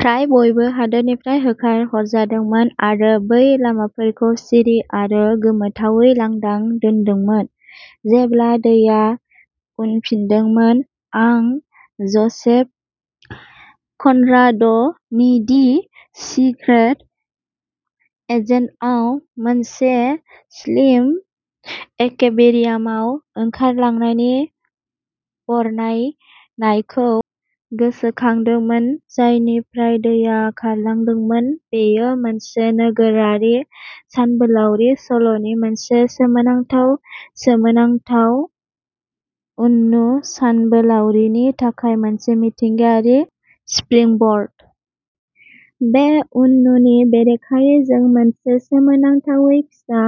फ्राय बयबो हादोरनिफ्राय होखारहरजादोंमोन आरो बै लामाफोरखौ सिरि आरो गोमोथावै लांदां दोनदोंमोन। जेब्ला दैया उनफिनदोंमोन, आं ज'सेफ कनराड'नि'दि सिक्रेट एजेन्ट'आव' मोनसे स्लिम एक्वेरियामाव ओंखारलांनायनि बरनायनायखौ गोसोखांदोंमोन, जायनिफ्राय दैया खारलांदोंमोन। बेयो मोनसे नोगोरारि सानबोलावरि सल'नि मोनसे सोमोनांथाव सोमोनांथाव उननु, सानबोलावरिनि थाखाय मोनसे मिथिंगायारि स्प्रिंबर्ड। बे उननुनि बेरेखायै, जों मोनसे सोमोनांथावै फिसा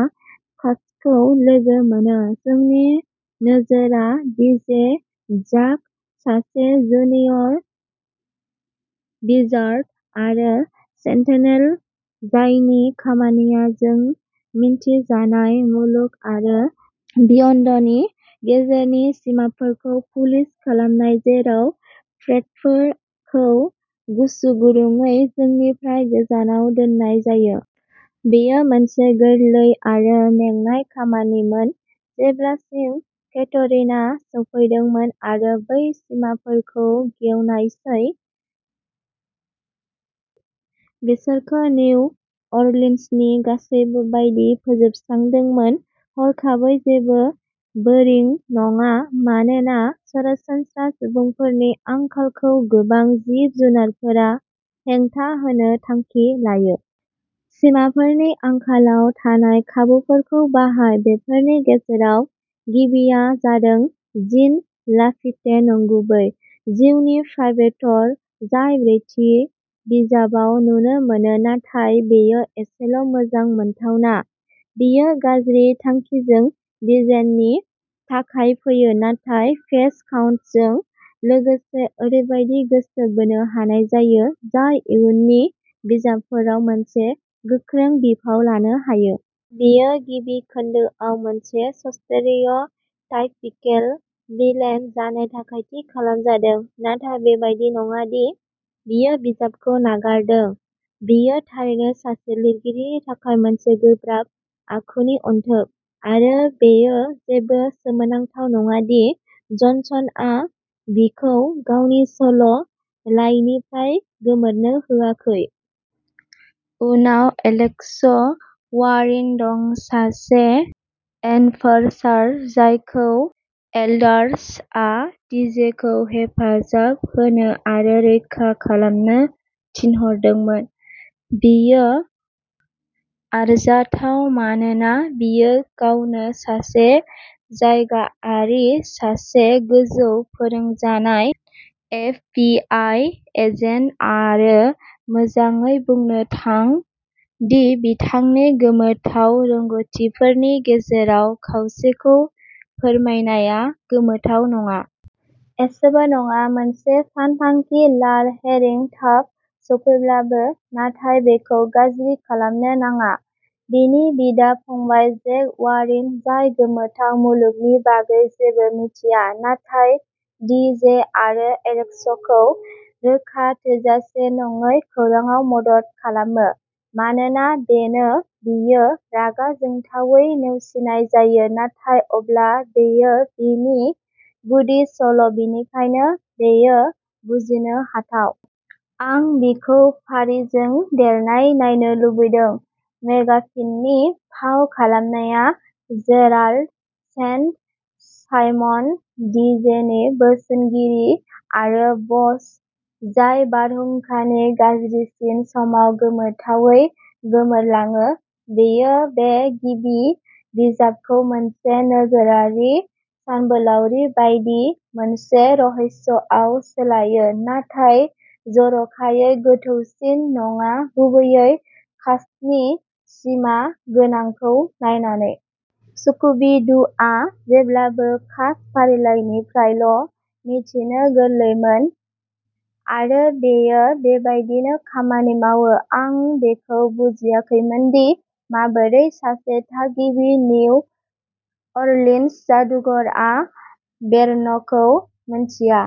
कास्टखौ लोगो मोनो। जोंनि नोजोरआ डीजे जाक ', सासे जुनियर विजार्ड आरो सेन्तिनेल, जायनि खामानिया जों मिन्थिजानाय मुलुग आरो बियन्डनि गेजेरनि सिमाफोरखौ पुलिस खालामनाय, जेराव प्रेटफोर खौ गोसोगुदुंयै जोंनिफ्राय गोजानाव दोननाय जायो। बेयो मोनसे गोरलै आरो मेंनाय खामानिमोन जेब्लासिम केटरिना सौफैदोंमोन आरो बै सिमाफोरखौ गेवनायसै, बिसोरखौ निउ अरलिन्सनि गासैबो बायदि फोजोबस्रांदोंमोन। हरखाबै जेबो बोरिं नङा, मानोना सरासनस्रा सुबुंफोरनि आंखालखौ गोबां जिब-जुनारफोरा हेंथा होनो थांखि लायो। सिमाफोरनि आंखालाव थानाय खाबुफोरखौ बाहाय। बेफोरनि गेजेराव गिबिया जादों जीन लाफिते, नंगुबै जिउनि प्राइभेटर जाय ब्रैथि बिजाबाव नुनो मोनो नाथाय बेयो एसेल' मोजां मोनथावना। बेयो गाज्रि थांखिजों डीजेनि थाखाय फैयो नाथाय पेज काउन्टजों लोगोसे ओरैबायदि गोसो बोनो हानाय जायो जाय इयुननि बिजाबफोराव मोनसे गोख्रों बिफाव लानो हायो। बियो गिबि खोन्दोआव मोनसे स्टेरिअ'टाइपिकेल भिलेन जानो थाखाय थि खालामजादों, नाथाय बेबादि नङा दि बियो बिजाबखौ नागारदों; बियो थारैनो सासे लिरगिरिनि थाखाय मोनसे गोब्राब आखुनि अनथोब आरो बेयो जेबो सोमोनांथाव नङा दि जनसनआ बिखौ गावनि सल' लाइननिफ्राय गोमोरनो होआखै। उनाव एलेक्स वारिन दं, सासे एनफोर्सार जायखौ एल्डार्सआ डीजेखौ हेफाजाब होनो आरो रैखा खालामनो थिनहरदोंमोन। बियो आरजाथाव मानोना बियो गावनो सासे जायगायारि, सासे गोजौ फोरोंजानाय एफबीआई एजेन्ट आरो मोजाङै, बुंनो थां दि बिथांनि गोमोथाव रोंग'थिफोरनि गेजेराव खावसेखौ फोरमायनाया गोमोथाव नङा। एसेबो नङा, मोनसे सानथांखि लाल हेरिं थाब सौफैब्लाबो, नाथाय बेखौ गाज्रि खालामनो नाङा। बिनि बिदा-फंबाय, जेक वारिन, जाय गोमोथाव मुलुगनि बागै जेबो मिथिया नाथाय डि जे आरो एलेक्सखौ रोखा थोजासे नङै खौरांआव मदद खालामो मानोना बेनो बियो, रागा जोंथावै नेवसिनाय जायो, नाथाय अब्ला बेयो बिनि गुदि सल' बेनिखायनो बेयो बुजिनो हाथाव। आं बिखौ फारिजों देरनाय नायनो लुबैदों। मेकगाफिननि फाव खालामनाया Gerald Saint Simon, D J नि बोसोनगिरि आरो ब'स, जाय बारहुंखानि गाज्रिसिन समाव गोमोथावै गोमोरलाङो। बेयो बे गिबि बिजाबखौ मोनसे नोगोरारि सानबोलावरि बायदि मोनसे रहस्यआव सोलायो, नाथाय जर'खायै गोथौसिन नङा, गुबैयै कास्टनि सिमा गोनांखौ नायनानै। स्कूबी डू'आ जेब्लाबो कास्ट फारिलाइनिफ्रायल' मिथिनो गोरलैमोन आरो बेयो बेबायदिनो खामानि मावो। आं बेखौ बुजियाखैमोनदि माबोरै सासे थागिबि निउ अरलिन्स जादुगरआ बेरनखौ मिन्थिया।